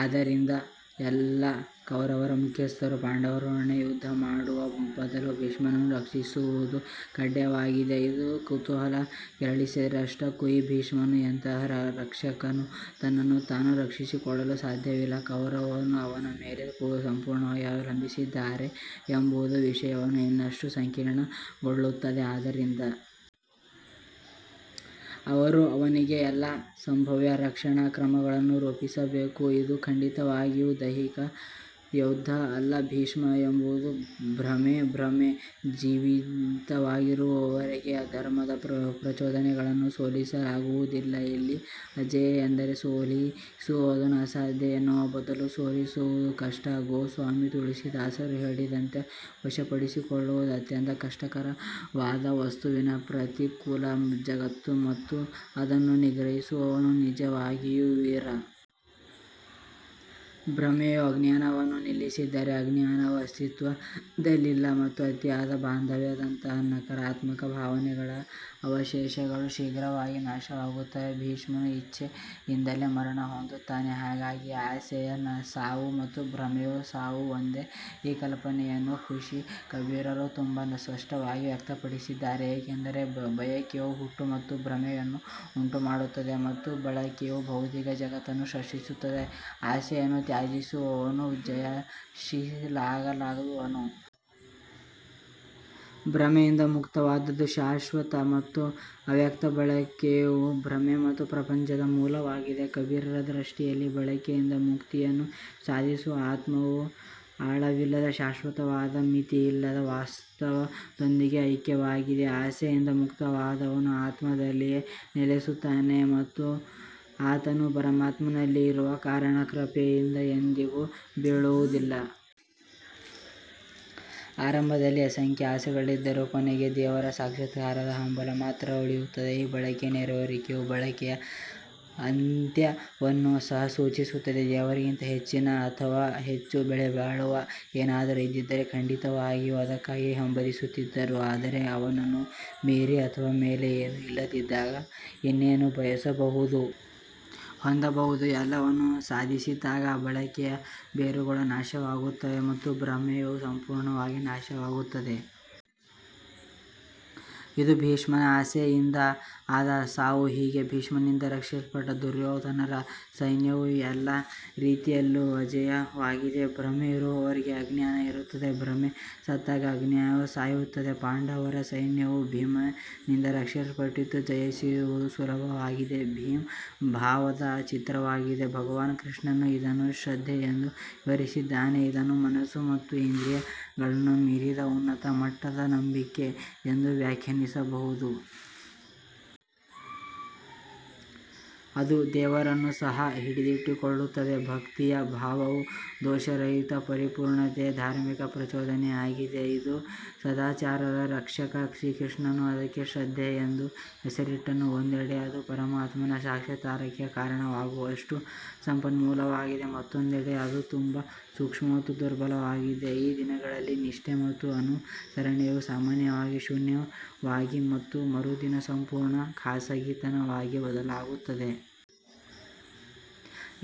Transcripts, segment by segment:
ಆದ್ದರಿಂದ ಎಲ್ಲಾ ಕೌರವರ ಮುಖ್ಯಸ್ಥರು ಪಾಂಡವರೊಡನೆ ಯುದ್ಧ ಮಾಡುವ ಬದಲು ಭೀಷ್ಮನನ್ನು ರಕ್ಷಿಸುವುದು ಕಡ್ಡಾಯವಾಗಿದೆ. ಇದು ಕುತೂಹಲ ಕೆರಳಿಸಿದೆ ಅಷ್ಟಕ್ಕೂ ಈ ಭೀಷ್ಮನು ಎಂತಹ ರಕ್ಷಕನು ತನ್ನನ್ನು ತಾನು ರಕ್ಷಿಸಿಕೊಳ್ಳಲೂ ಸಾಧ್ಯವಿಲ್ಲ ಕೌರವರೂ ಅವನ ಮೇಲೆ ಸಂಪೂರ್ಣವಾಗಿ ಅವಲಂಬಿತರಾಗಿದ್ದಾರೆ ಎಂಬುದು ವಿಷಯವನ್ನು ಇನ್ನಷ್ಟು ಸಂಕೀರ್ಣಗೊಳಿಸುತ್ತದೆ ಆದ್ದರಿಂದ ಅವರು ಅವನಿಗೆ ಎಲ್ಲಾ ಸಂಭಾವ್ಯ ರಕ್ಷಣಾ ಕ್ರಮಗಳನ್ನು ರೂಪಿಸಬೇಕು ಇದು ಖಂಡಿತವಾಗಿಯೂ ದೈಹಿಕ ಯೋಧ ಅಲ್ಲ ಭೀಷ್ಮ ಎಂಬುದು ಭ್ರಮೆ ಭ್ರಮೆ ಜೀವಂತವಾಗಿರುವವರೆಗೆ ಅಧರ್ಮದ ಪ್ರಚೋದನೆಗಳನ್ನು ಸೋಲಿಸಲಾಗುವುದಿಲ್ಲ ಇಲ್ಲಿ ಅಜೇಯ ಎಂದರೆ ಸೋಲಿಸುವುದು ಅಸಾಧ್ಯ ಎನ್ನುವ ಬದಲು ಸೋಲಿಸುವುದು ಕಷ್ಟ ಗೋಸ್ವಾಮಿ ತುಳಸಿದಾಸರು ಹೇಳಿದಂತೆ ವಶಪಡಿಸಿಕೊಳ್ಳುವುದು ಅತ್ಯಂತ ಕಷ್ಟಕರವಾದ ವಸ್ತುವಿನ ಪ್ರತಿಕೂಲ ಜಗತ್ತು ಮತ್ತು ಅದನ್ನು ನಿಗ್ರಹಿಸುವವನು ನಿಜವಾಗಿಯೂ ವೀರ. ಭ್ರಮೆಯು ಅಜ್ಞಾನವನ್ನು ನಿಲ್ಲಿಸಿದರೆ ಅಜ್ಞಾನವು ಅಸ್ತಿತ್ವದಲ್ಲಿಲ್ಲ ಮತ್ತು ಅತಿಯಾದ ಬಾಂಧವ್ಯದಂತಹ ನಕಾರಾತ್ಮಕ ಭಾವನೆಗಳ ಅವಶೇಷಗಳು ಶೀಘ್ರವಾಗಿ ನಾಶವಾಗುತ್ತವೆ ಭೀಷ್ಮನು ಇಚ್ಛೆಯಿಂದಲೇ ಮರಣ ಹೊಂದುತ್ತಾನೆ ಹಾಗಾಗಿ ಆಸೆಯ ಸಾವು ಮತ್ತು ಭ್ರಮೆಯ ಸಾವು ಒಂದೇ ಈ ಕಲ್ಪನೆಯನ್ನು ಋಷಿ ಕಬೀರರು ತುಂಬಾ ಸ್ಪಷ್ಟವಾಗಿ ವ್ಯಕ್ತಪಡಿಸಿದ್ದಾರೆ ಏಕೆಂದರೆ ಬಯಕೆಯು ಹುಟ್ಟು ಮತ್ತು ಭ್ರಮೆಯನ್ನು ಉಂಟುಮಾಡುತ್ತದೆ ಮತ್ತು ಬಯಕೆಯೇ ಭೌತಿಕ ಜಗತ್ತನ್ನು ಸೃಷ್ಟಿಸುತ್ತದೆ, ಆಸೆಯನ್ನು ತ್ಯಜಿಸುವವನು ಜಯಿಸಲಾಗದವನು. ಭ್ರಮೆಯಿಂದ ಮುಕ್ತವಾದದ್ದು ಶಾಶ್ವತ ಮತ್ತು ಅವ್ಯಕ್ತ ಬಯಕೆಯು ಭ್ರಮೆ ಮತ್ತು ಪ್ರಪಂಚದ ಮೂಲವಾಗಿದೆ ಕಬೀರರ ದೃಷ್ಟಿಯಲ್ಲಿ ಬಯಕೆಯಿಂದ ಮುಕ್ತಿಯನ್ನು ಸಾಧಿಸುವ ಆತ್ಮವು ಆಳವಿಲ್ಲದ ಶಾಶ್ವತವಾದ ಮಿತಿಯಿಲ್ಲದ ವಾಸ್ತವದೊಂದಿಗೆ ಐಕ್ಯವಾಗಿದೆ. ಆಸೆಯಿಂದ ಮುಕ್ತನಾದವನು ಆತ್ಮದಲ್ಲಿಯೇ ನೆಲೆಸುತ್ತಾನೆ ಮತ್ತು ಆತನು ಪರಮಾತ್ಮನಲ್ಲಿ ಇರುವ ಕಾರಣ ಕೃಪೆಯಿಂದ ಎಂದಿಗೂ ಬೀಳುವುದಿಲ್ಲ. ಆರಂಭದಲ್ಲಿ ಅಸಂಖ್ಯ ಆಸೆಗಳಿದ್ದರೂ ಕೊನೆಗೆ ದೇವರ ಸಾಕ್ಷಾತ್ಕಾರದ ಹಂಬಲ ಮಾತ್ರ ಉಳಿಯುತ್ತದೆ. ಈ ಬಯಕೆಯ ನೆರವೇರಿಕೆಯು ಬಯಕೆಯ ಅಂತ್ಯವನ್ನು ಸಹ ಸೂಚಿಸುತ್ತದೆ ದೇವರಿಗಿಂತ ಹೆಚ್ಚಿನ ಅಥವಾ ಹೆಚ್ಚು ಬೆಲೆಬಾಳುವ ಏನಾದರೂ ಇದ್ದಿದ್ದರೆ ಖಂಡಿತವಾಗಿಯೂ ಅದಕ್ಕಾಗಿ ಹಂಬಲಿಸುತ್ತಿದ್ದರು ಆದರೆ ಅವನನ್ನು ಮೀರಿ ಅಥವಾ ಮೇಲೆ ಏನೂ ಇಲ್ಲದಿದ್ದಾಗ ಇನ್ನೇನು ಬಯಸಬಹುದು ಹೊಂದಬಹುದಾದ ಎಲ್ಲವನ್ನೂ ಸಾಧಿಸಿದಾಗ ಬಯಕೆಯ ಬೇರುಗಳು ನಾಶವಾಗುತ್ತವೆ ಮತ್ತು ಭ್ರಮೆಯು ಸಂಪೂರ್ಣವಾಗಿ ನಾಶವಾಗುತ್ತದೆ. ಇದು ಭೀಷ್ಮನ ಆಸೆಯಿಂದ ಆದ ಸಾವು ಹೀಗೆ ಭೀಷ್ಮನಿಂದ ರಕ್ಷಿಸಲ್ಪಟ್ಟ ದುರ್ಯೋಧನರ ಸೈನ್ಯವು ಎಲ್ಲ ರೀತಿಯಲ್ಲೂ ಅಜೇಯವಾಗಿದೆ ಭ್ರಮೆ ಇರುವವರೆಗೆ ಅಜ್ಞಾನ ಇರುತ್ತದೆ ಭ್ರಮೆ ಸತ್ತಾಗ ಅಜ್ಞಾನವೂ ಸಾಯುತ್ತದೆ ಪಾಂಡವರ ಸೈನ್ಯವು ಭೀಮನಿಂದ ರಕ್ಷಿಸಲ್ಪಟ್ಟಿತು, ಜಯಿಸುವುದು ಸುಲಭವಾಗಿದೆ ಭೀಮ್ ಭಾವದ ಚಿತ್ರವಾಗಿದೆ ಭಗವಾನ್ ಕೃಷ್ಣನು ಇದನ್ನು ಶ್ರದ್ಧೆ ಎಂದು ವಿವರಿಸಿದ್ದಾನೆ, ಇದನ್ನು ಮನಸ್ಸು ಮತ್ತು ಇಂದ್ರಿಯಗಳನ್ನು ಮೀರಿದ ಉನ್ನತ ಮಟ್ಟದ ನಂಬಿಕೆ ಎಂದು ವ್ಯಾಖ್ಯಾನಿಸಬಹುದು. ಅದು ದೇವರನ್ನೂ ಸಹ ಹಿಡಿದಿಟ್ಟುಕೊಳ್ಳುತ್ತದೆ ಭಕ್ತಿಯ ಭಾವವು ದೋಷರಹಿತ ಪರಿಪೂರ್ಣತೆಯ ಧಾರ್ಮಿಕ ಪ್ರಚೋದನೆಯಾಗಿದೆ ಇದು ಸದಾಚಾರದ ರಕ್ಷಕ ಶ್ರೀಕೃಷ್ಣನು ಅದಕ್ಕೆ ಶ್ರದ್ಧೆ ಎಂದು ಹೆಸರಿಟ್ಟನು ಒಂದೆಡೆ ಅದು ಪರಮಾತ್ಮನ ಸಾಕ್ಷಾತ್ಕಾರಕ್ಕೆ ಕಾರಣವಾಗುವಷ್ಟು ಸಂಪನ್ಮೂಲವಾಗಿದೆ, ಮತ್ತೊಂದೆಡೆ ಅದು ತುಂಬಾ ಸೂಕ್ಷ್ಮ ಮತ್ತು ದುರ್ಬಲವಾಗಿದೆ, ಈ ದಿನಗಳಲ್ಲಿ ನಿಷ್ಠೆ ಮತ್ತು ಅನುಸರಣೆಯು ಸಾಮಾನ್ಯವಾಗಿ ಶೂನ್ಯವಾಗಿ ಮತ್ತು ಮರುದಿನ ಸಂಪೂರ್ಣ ಖಾಸಗಿತನವಾಗಿ ಬದಲಾಗುತ್ತದೆ.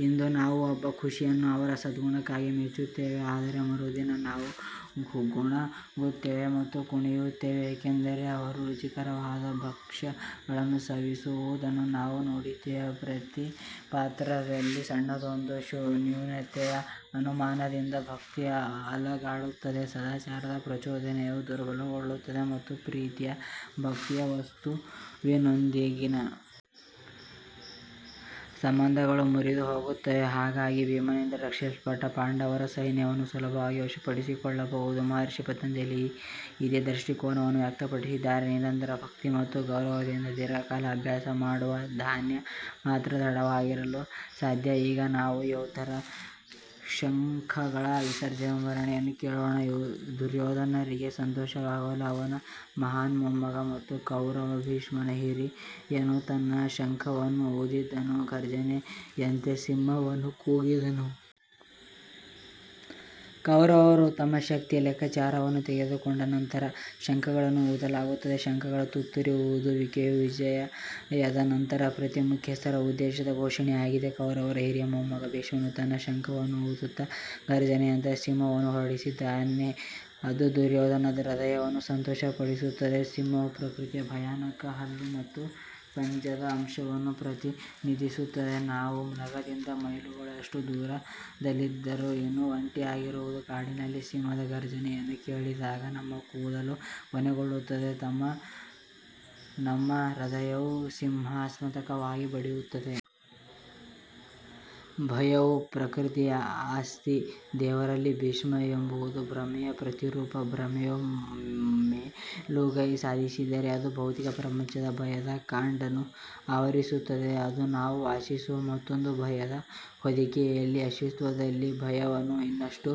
ಇಂದು ನಾವು ಒಬ್ಬ ಋಷಿಯನ್ನು ಅವರ ಸದ್ಗುಣಕ್ಕಾಗಿ ಮೆಚ್ಚುತ್ತೇವೆ ಆದರೆ ಮರುದಿನ ನಾವು ಗೊಣಗುತ್ತೇವೆ ಮತ್ತು ಕುಣಿಯುತ್ತೇವೆ ಏಕೆಂದರೆ ಅವರು ರುಚಿಕರವಾದ ಭಕ್ಷ್ಯಗಳನ್ನು ಸವಿಯುವುದನ್ನು ನಾವು ನೋಡಿದ್ದೇವೆ. ಪ್ರೀತಿಪಾತ್ರರಲ್ಲಿ ಸಣ್ಣದೊಂದು ನ್ಯೂನತೆಯ ಅನುಮಾನದಿಂದ ಭಕ್ತಿ ಅಲುಗಾಡುತ್ತದೆ ಸದಾಚಾರದ ಪ್ರಚೋದನೆಯು ದುರ್ಬಲಗೊಳ್ಳುತ್ತದೆ ಮತ್ತು ಪ್ರೀತಿಯ ಭಕ್ತಿಯ ವಸ್ತುವಿನೊಂದಿಗಿನ ಸಂಬಂಧಗಳು ಮುರಿದುಹೋಗುತ್ತವೆ ಹಾಗಾಗಿ ಭೀಮನಿಂದ ರಕ್ಷಿಸಲ್ಪಟ್ಟ ಪಾಂಡವರ ಸೈನ್ಯವನ್ನು ಸುಲಭವಾಗಿ ವಶಪಡಿಸಿಕೊಳ್ಳಬಹುದು ಮಹರ್ಷಿ ಪತಂಜಲಿ ಇದೇ ದೃಷ್ಟಿಕೋನವನ್ನು ವ್ಯಕ್ತಪಡಿಸಿದ್ದಾರೆ ನಿರಂತರ ಭಕ್ತಿ ಮತ್ತು ಗೌರವದಿಂದ ದೀರ್ಘಕಾಲ ಅಭ್ಯಾಸ ಮಾಡುವ ಧ್ಯಾನ ಮಾತ್ರ ದೃಢವಾಗಿರಲು ಸಾಧ್ಯ ಈಗ ನಾವು ಯೋಧರ ಶಂಖಗಳ ವಿಜೃಂಭಣೆಯನ್ನು ಕೇಳೋಣ ದುರ್ಯೋಧನರಿಗೆ ಸಂತೋಷವಾಗಲು ಅವನ ಮಹಾನ್ ಮೊಮ್ಮಗ ಮತ್ತು ಕೌರವ ಭೀಷ್ಮನ ಹಿರಿಯನು ತನ್ನ ಶಂಖವನ್ನು ಊದಿದನು, ಘರ್ಜನೆಯಂತೆ ಸಿಂಹವನ್ನು ಕೂಗಿದನು. ಕೌರವರು ತಮ್ಮ ಶಕ್ತಿಯ ಲೆಕ್ಕಾಚಾರವನ್ನು ತೆಗೆದುಕೊಂಡ ನಂತರ ಶಂಖಗಳನ್ನು ಊದಲಾಗುತ್ತದೆ ಶಂಖಗಳ ತುತ್ತೂರಿ ಊದುವಿಕೆಯು ವಿಜಯದ ನಂತರ ಪ್ರತಿ ಮುಖ್ಯಸ್ಥರ ಉದ್ದೇಶದ ಘೋಷಣೆಯಾಗಿದೆ. ಕೌರವರ ಹಿರಿಯ ಮೊಮ್ಮಗ ಭೀಷ್ಮನು ತನ್ನ ಶಂಖವನ್ನು ಊದುತ್ತಾ ಘರ್ಜನೆಯಂತಹ ಸಿಂಹವನ್ನು ಹೊರಡಿಸುತ್ತಾನೆ, ಅದು ದುರ್ಯೋಧನರ ಹೃದಯವನ್ನು ಸಂತೋಷಪಡಿಸುತ್ತದೆ. ಸಿಂಹವು ಪ್ರಕೃತಿಯ ಭಯಾನಕ ಹಲ್ಲು ಮತ್ತು ಪಂಜದ ಅಂಶವನ್ನು ಪ್ರತಿನಿಧಿಸುತ್ತದೆ ನಾವು ಮೃಗದಿಂದ ಮೈಲುಗಳಷ್ಟು ದೂರದಲ್ಲಿದ್ದರೂ ಇನ್ನೂ ಒಂಟಿಯಾಗಿರುವ ಕಾಡಿನಲ್ಲಿ ಸಿಂಹದ ಘರ್ಜನೆಯನ್ನು ಕೇಳಿದಾಗ ನಮ್ಮ ಕೂದಲು ಕೊನೆಗೊಳ್ಳುತ್ತದೆ ಮತ್ತು ನಮ್ಮ ಹೃದಯವು ಹಿಂಸಾತ್ಮಕವಾಗಿ ಬಡಿಯುತ್ತದೆ. ಭಯವು ಪ್ರಕೃತಿಯ ಆಸ್ತಿ ದೇವರಲ್ಲ ಭೀಷ್ಮ ಎಂಬುದು ಭ್ರಮೆಯ ಪ್ರತಿರೂಪ ಭ್ರಮೆಯು ಮೇಲುಗೈ ಸಾಧಿಸಿದರೆ ಅದು ಭೌತಿಕ ಪ್ರಪಂಚದ ಭಯದ ಕಾಡನ್ನು ಆವರಿಸುತ್ತದೆ, ಅದು ನಾವು ವಾಸಿಸುವ ಮತ್ತೊಂದು ಭಯದ ಹೊದಿಕೆಯಲ್ಲಿ ಅಸ್ತಿತ್ವದಲ್ಲಿರುವ ಭಯವನ್ನು ಇನ್ನಷ್ಟು ಭಯಾನಕವಾಗಿಸುತ್ತದೆ.